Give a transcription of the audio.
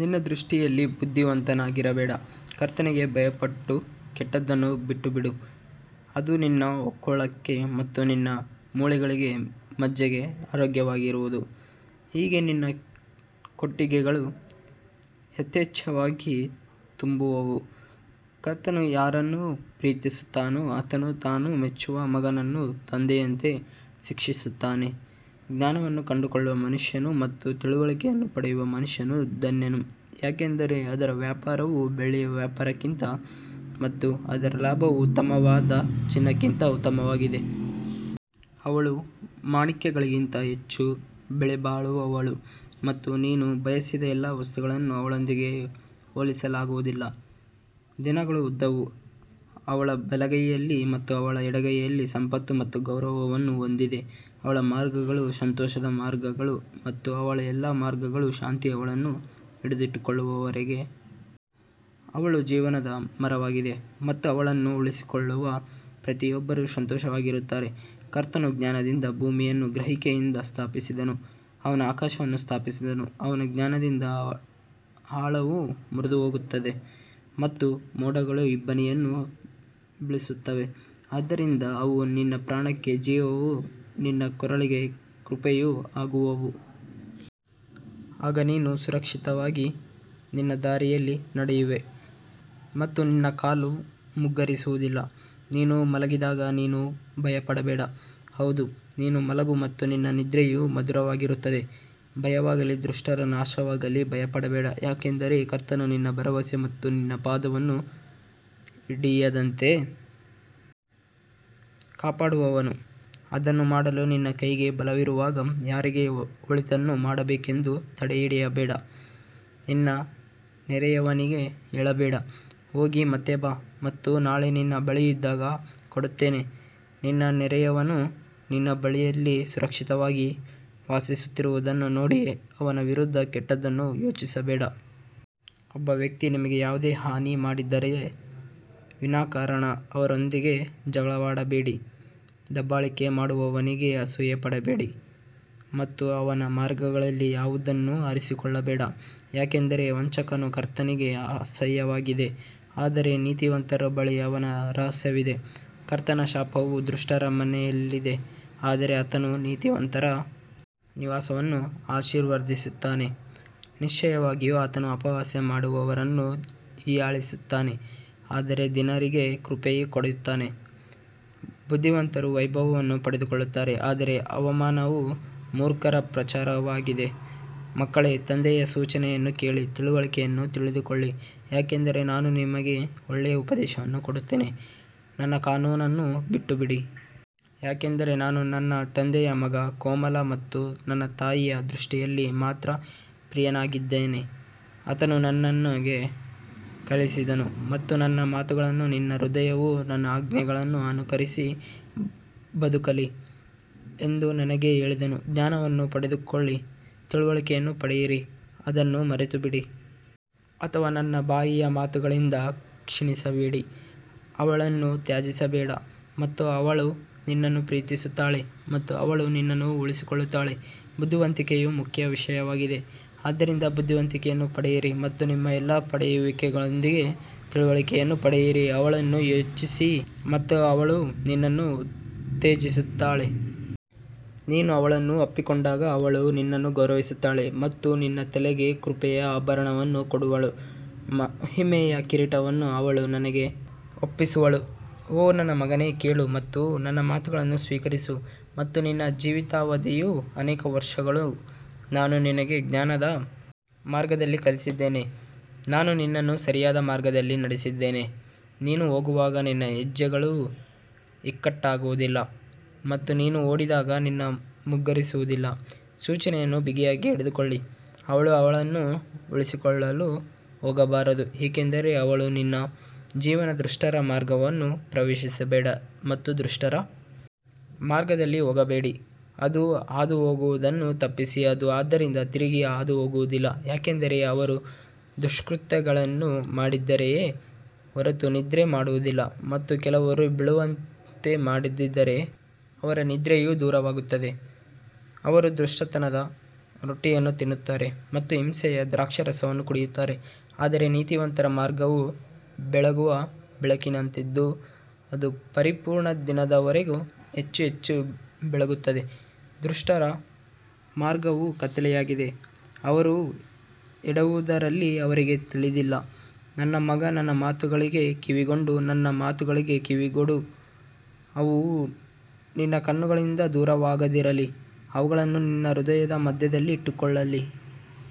ನಿನ್ನ ದೃಷ್ಟಿಯಲ್ಲಿ ಬುದ್ಧಿವಂತನಾಗಿರಬೇಡ, ಕರ್ತನಿಗೆ ಭಯಪಟ್ಟು ಕೆಟ್ಟದ್ದನ್ನು ಬಿಟ್ಟುಬಿಡು ಅದು ನಿನ್ನ ಹೊಕ್ಕುಳಕ್ಕೆ ಮತ್ತು ನಿನ್ನ ಮೂಳೆಗಳಿಗೆ ಮಜ್ಜೆಗೆ ಆರೋಗ್ಯವಾಗಿರುವುದು ಹೀಗೆ ನಿನ್ನ ಕೊಟ್ಟಿಗೆಗಳು ಯಥೇಚ್ಛವಾಗಿ ತುಂಬುವವು ಕರ್ತನು ಯಾರನ್ನು ಪ್ರೀತಿಸುತ್ತಾನೋ ಆತನು ತಾನು ಮೆಚ್ಚುವ ಮಗನನ್ನು ತಂದೆಯಂತೆ ಶಿಕ್ಷಿಸುತ್ತಾನೆ ಜ್ಞಾನವನ್ನು ಕಂಡುಕೊಳ್ಳುವ ಮನುಷ್ಯನು ಮತ್ತು ತಿಳುವಳಿಕೆಯನ್ನು ಪಡೆಯುವ ಮನುಷ್ಯನು ಧನ್ಯನು ಯಾಕಂದರೆ ಅದರ ವ್ಯಾಪಾರವು ಬೆಳ್ಳಿಯ ವ್ಯಾಪಾರಕ್ಕಿಂತ ಮತ್ತು ಅದರ ಲಾಭವು ಉತ್ತಮವಾದ ಚಿನ್ನಕ್ಕಿಂತ ಉತ್ತಮವಾಗಿದೆ. ಅವಳು ಮಾಣಿಕ್ಯಗಳಿಗಿಂತ ಹೆಚ್ಚು ಬೆಲೆಬಾಳುವವಳು ಮತ್ತು ನೀನು ಬಯಸಿದ ಎಲ್ಲಾ ವಸ್ತುಗಳನ್ನು ಅವಳೊಂದಿಗೆ ಹೋಲಿಸಲಾಗುವುದಿಲ್ಲ ದಿನಗಳ ಉದ್ದವು ಅವಳ ಬಲಗೈಯಲ್ಲಿ ಮತ್ತು ಅವಳ ಎಡಗೈಯಲ್ಲಿ ಸಂಪತ್ತು ಮತ್ತು ಗೌರವವನ್ನು ಹೊಂದಿದೆ ಅವಳ ಮಾರ್ಗಗಳು ಸಂತೋಷದ ಮಾರ್ಗಗಳು ಮತ್ತು ಅವಳ ಎಲ್ಲಾ ಮಾರ್ಗಗಳು ಶಾಂತಿ ಅವಳನ್ನು ಹಿಡಿದಿಟ್ಟುಕೊಳ್ಳುವವರಿಗೆ ಅವಳು ಜೀವನದ ಮರವಾಗಿದೆ ಮತ್ತು ಅವಳನ್ನು ಉಳಿಸಿಕೊಳ್ಳುವ ಪ್ರತಿಯೊಬ್ಬರೂ ಸಂತೋಷವಾಗಿರುತ್ತಾರೆ ಕರ್ತನು ಜ್ಞಾನದಿಂದ ಭೂಮಿಯನ್ನು ಗ್ರಹಿಕೆಯಿಂದ ಸ್ಥಾಪಿಸಿದನು, ಅವನು ಆಕಾಶವನ್ನು ಸ್ಥಾಪಿಸಿದನು ಅವನ ಜ್ಞಾನದಿಂದ ಆಳವು ಮುರಿದುಹೋಗುತ್ತದೆ ಮತ್ತು ಮೋಡಗಳು ಇಬ್ಬನಿಯನ್ನು ಬೀಳಿಸುತ್ತವೆ ಆದ್ದರಿಂದ ಅವು ನಿನ್ನ ಪ್ರಾಣಕ್ಕೆ ಜೀವವೂ ನಿನ್ನ ಕೊರಳಿಗೆ ಕೃಪೆಯೂ ಆಗುವವು ಆಗ ನೀನು ಸುರಕ್ಷಿತವಾಗಿ ನಿನ್ನ ದಾರಿಯಲ್ಲಿ ನಡೆಯುವೆ ಮತ್ತು ನಿನ್ನ ಕಾಲು ಮುಗ್ಗರಿಸುವುದಿಲ್ಲ ನೀನು ಮಲಗಿದಾಗ ನೀನು ಭಯಪಡಬೇಡ ಹೌದು ನೀನು ಮಲಗು ಮತ್ತು ನಿನ್ನ ನಿದ್ರೆಯು ಮಧುರವಾಗಿರುತ್ತದೆ ಭಯವಾಗಲಿ ದುಷ್ಟರ ನಾಶವಾಗಲಿ ಭಯಪಡಬೇಡ ಯಾಕಂದರೆ ಕರ್ತನು ನಿನ್ನ ಭರವಸೆ ಮತ್ತು ನಿನ್ನ ಪಾದವನ್ನು ಹಿಡಿಯದಂತೆ ಕಾಪಾಡುವನು ಅದನ್ನು ಮಾಡಲು ನಿನ್ನ ಕೈಗೆ ಬಲವಿರುವಾಗ ಯಾರಿಗೆ ಒಳಿತನ್ನು ಮಾಡಬೇಕೆಂದು ತಡೆಹಿಡಿಯಬೇಡ ನಿನ್ನ ನೆರೆಯವನಿಗೆ ಹೇಳಬೇಡ ಹೋಗಿ ಮತ್ತೆ ಬಾ ಮತ್ತು ನಾಳೆ ನಿನ್ನ ಬಳಿ ಇದ್ದಾಗ ಕೊಡುತ್ತೇನೆ ನಿನ್ನ ನೆರೆಯವನು ನಿನ್ನ ಬಳಿಯಲ್ಲಿ ಸುರಕ್ಷಿತವಾಗಿ ವಾಸಿಸುತ್ತಿರುವುದನ್ನು ನೋಡಿ ಅವನ ವಿರುದ್ಧ ಕೆಟ್ಟದ್ದನ್ನು ಯೋಚಿಸಬೇಡ ಒಬ್ಬ ವ್ಯಕ್ತಿ ನಿಮಗೆ ಯಾವುದೇ ಹಾನಿ ಮಾಡದಿದ್ದರೆ ವಿನಾಕಾರಣ ಅವರೊಂದಿಗೆ ಜಗಳವಾಡಬೇಡಿ ದಬ್ಬಾಳಿಕೆ ಮಾಡುವವನಿಗೆ ಅಸೂಯೆಪಡಬೇಡ ಮತ್ತು ಅವನ ಮಾರ್ಗಗಳಲ್ಲಿ ಯಾವುದನ್ನೂ ಆರಿಸಿಕೊಳ್ಳಬೇಡ ಯಾಕಂದರೆ ವಂಚಕನು ಕರ್ತನಿಗೆ ಅಸಹ್ಯವಾಗಿದೆ ಆದರೆ ನೀತಿವಂತರ ಬಳಿ ಅವನ ರಹಸ್ಯವಿದೆ ಕರ್ತನ ಶಾಪವು ದುಷ್ಟರ ಮನೆಯಲ್ಲಿದೆ ಆದರೆ ಆತನು ನೀತಿವಂತರ ನಿವಾಸವನ್ನು ಆಶೀರ್ವದಿಸುತ್ತಾನೆ ನಿಶ್ಚಯವಾಗಿಯೂ ಆತನು ಅಪಹಾಸ್ಯ ಮಾಡುವವರನ್ನು ಹೀಯಾಳಿಸುತ್ತಾನೆ ಆದರೆ ದೀನರಿಗೆ ಕೃಪೆಯನ್ನು ಕೊಡುತ್ತಾನೆ ಬುದ್ಧಿವಂತರು ವೈಭವವನ್ನು ಪಡೆದುಕೊಳ್ಳುತ್ತಾರೆ ಆದರೆ ಅವಮಾನವು ಮೂರ್ಖರ ಪ್ರಚಾರವಾಗಿದೆ ಮಕ್ಕಳೇ ತಂದೆಯ ಸೂಚನೆಯನ್ನು ಕೇಳಿ ತಿಳುವಳಿಕೆಯನ್ನು ತಿಳಿದುಕೊಳ್ಳಿ ಯಾಕಂದರೆ ನಾನು ನಿಮಗೆ ಒಳ್ಳೆಯ ಉಪದೇಶವನ್ನು ಕೊಡುತ್ತೇನೆ ನನ್ನ ಕಾನೂನನ್ನು ಬಿಟ್ಟುಬಿಡಿ ಯಾಕಂದರೆ ನಾನು ನನ್ನ ತಂದೆಯ ಮಗ ಕೋಮಲ ಮತ್ತು ನನ್ನ ತಾಯಿಯ ದೃಷ್ಟಿಯಲ್ಲಿ ಮಾತ್ರ ಪ್ರಿಯನಾಗಿದ್ದೆ ಆತನು ನನಗೆ ಕಲಿಸಿದನು ಮತ್ತು ನನ್ನ ಮಾತುಗಳನ್ನು ನಿನ್ನ ಹೃದಯವು ನನ್ನ ಆಜ್ಞೆಗಳನ್ನು ಅನುಸರಿಸಿ ಬದುಕಲಿ ಎಂದು ನನಗೆ ಹೇಳಿದನು ಜ್ಞಾನವನ್ನು ಪಡೆದುಕೊಳ್ಳಿ ತಿಳುವಳಿಕೆಯನ್ನು ಪಡೆಯಿರಿ ಅದನ್ನು ಮರೆತುಬಿಡಿ ಅಥವಾ ನನ್ನ ಬಾಯಿಯ ಮಾತುಗಳಿಂದ ಕ್ಷೀಣಿಸಬೇಡಿ ಅವಳನ್ನು ತ್ಯಜಿಸಬೇಡ ಮತ್ತು ಅವಳು ನಿನ್ನನ್ನು ಪ್ರೀತಿಸುತ್ತಾಳೆ ಮತ್ತು ಅವಳು ನಿನ್ನನ್ನು ಉಳಿಸಿಕೊಳ್ಳುತ್ತಾಳೆ ಬುದ್ಧಿವಂತಿಕೆಯು ಮುಖ್ಯ ವಿಷಯವಾಗಿದೆ, ಆದ್ದರಿಂದ ಬುದ್ಧಿವಂತಿಕೆಯನ್ನು ಪಡೆಯಿರಿ ಮತ್ತು ನಿಮ್ಮ ಎಲ್ಲಾ ಪಡೆಯುವಿಕೆಯೊಂದಿಗೆ ತಿಳುವಳಿಕೆಯನ್ನು ಪಡೆಯಿರಿ ಅವಳನ್ನು ಹೆಚ್ಚಿಸಿ ಮತ್ತು ಅವಳು ನಿನ್ನನ್ನು ಉತ್ತೇಜಿಸುತ್ತಾಳೆ, ನೀನು ಅವಳನ್ನು ಅಪ್ಪಿಕೊಂಡಾಗ ಅವಳು ನಿನ್ನನ್ನು ಗೌರವಿಸುತ್ತಾಳೆ ಅವಳು ನಿನ್ನ ತಲೆಗೆ ಕೃಪೆಯ ಆಭರಣವನ್ನು ಕೊಡುವಳು, ಮಹಿಮೆಯ ಕಿರೀಟವನ್ನು ಅವಳು ನಿನಗೆ ಒಪ್ಪಿಸುವಳು ಓ ನನ್ನ ಮಗನೇ ಕೇಳು ಮತ್ತು ನನ್ನ ಮಾತುಗಳನ್ನು ಸ್ವೀಕರಿಸು ಮತ್ತು ನಿನ್ನ ಜೀವಿತಾವಧಿಯು ಅನೇಕ ವರ್ಷಗಳು ನಾನು ನಿನಗೆ ಜ್ಞಾನದ ಮಾರ್ಗದಲ್ಲಿ ಕಲಿಸಿದ್ದೇನೆ, ನಾನು ನಿನ್ನನ್ನು ಸರಿಯಾದ ಮಾರ್ಗದಲ್ಲಿ ನಡೆಸಿದ್ದೇನೆ ನೀನು ಹೋಗುವಾಗ ನಿನ್ನ ಹೆಜ್ಜೆಗಳು ಇಕ್ಕಟ್ಟಾಗುವುದಿಲ್ಲ ಮತ್ತು ನೀನು ಓಡಿದಾಗ ನೀನು ಮುಗ್ಗರಿಸುವುದಿಲ್ಲ ಸೂಚನೆಯನ್ನು ಬಿಗಿಯಾಗಿ ಹಿಡಿದುಕೊಳ್ಳಿ, ಅವಳು ಅವಳನ್ನು ಉಳಿಸಿಕೊಳ್ಳಲು ಹೋಗಬಾರದು ಏಕೆಂದರೆ ಅವಳು ನಿನ್ನ ಜೀವನ ದುಷ್ಟರ ಮಾರ್ಗವನ್ನು ಪ್ರವೇಶಿಸಬೇಡಿ ಮತ್ತು ದುಷ್ಟರ ಮಾರ್ಗದಲ್ಲಿ ಹೋಗಬೇಡಿ ಅದು ಹಾದುಹೋಗುವುದನ್ನು ತಪ್ಪಿಸಿ ಅದು ಅದರಿಂದ ತಿರುಗಿ ಹಾದುಹೋಗುವುದಿಲ್ಲ ಯಾಕಂದರೆ ಅವರು ದುಷ್ಕೃತ್ಯಗಳನ್ನು ಮಾಡಿದ್ದಾರೆಯೇ ಹೊರತು ನಿದ್ರೆ ಮಾಡುವುದಿಲ್ಲ ಮತ್ತು ಕೆಲವರು ಬೀಳುವಂತೆ ಮಾಡದಿದ್ದರೆ ಅವರ ನಿದ್ರೆಯು ದೂರವಾಗುತ್ತದೆ ಅವರು ದುಷ್ಟತನದ ರೊಟ್ಟಿಯನ್ನು ತಿನ್ನುತ್ತಾರೆ ಮತ್ತು ಹಿಂಸೆಯ ದ್ರಾಕ್ಷಾರಸವನ್ನು ಕುಡಿಯುತ್ತಾರೆ ಆದರೆ ನೀತಿವಂತರ ಮಾರ್ಗವು ಬೆಳಗುವ ಬೆಳಕಿನಂತಿದ್ದು ಅದು ಪರಿಪೂರ್ಣ ದಿನದವರೆಗೆ ಹೆಚ್ಚು ಹೆಚ್ಚು ಬೆಳಗುತ್ತದೆ ದುಷ್ಟರ ಮಾರ್ಗವು ಕತ್ತಲೆಯಾಗಿದೆ, ಅವರು ಎಡವುವುದರಲ್ಲಿ ಅವರಿಗೆ ತಿಳಿದಿಲ್ಲ ನನ್ನ ಮಗ ನನ್ನ ಮಾತುಗಳಿಗೆ ಕಿವಿಗೊಡು, ನನ್ನ ಮಾತುಗಳಿಗೆ ಕಿವಿಗೊಡು ಅವು ನಿನ್ನ ಕಣ್ಣುಗಳಿಂದ ದೂರವಾಗದಿರಲಿ, ಅವುಗಳನ್ನು ನಿನ್ನ ಹೃದಯದ ಮಧ್ಯದಲ್ಲಿ ಇಟ್ಟುಕೊಳ್ಳಲಿ.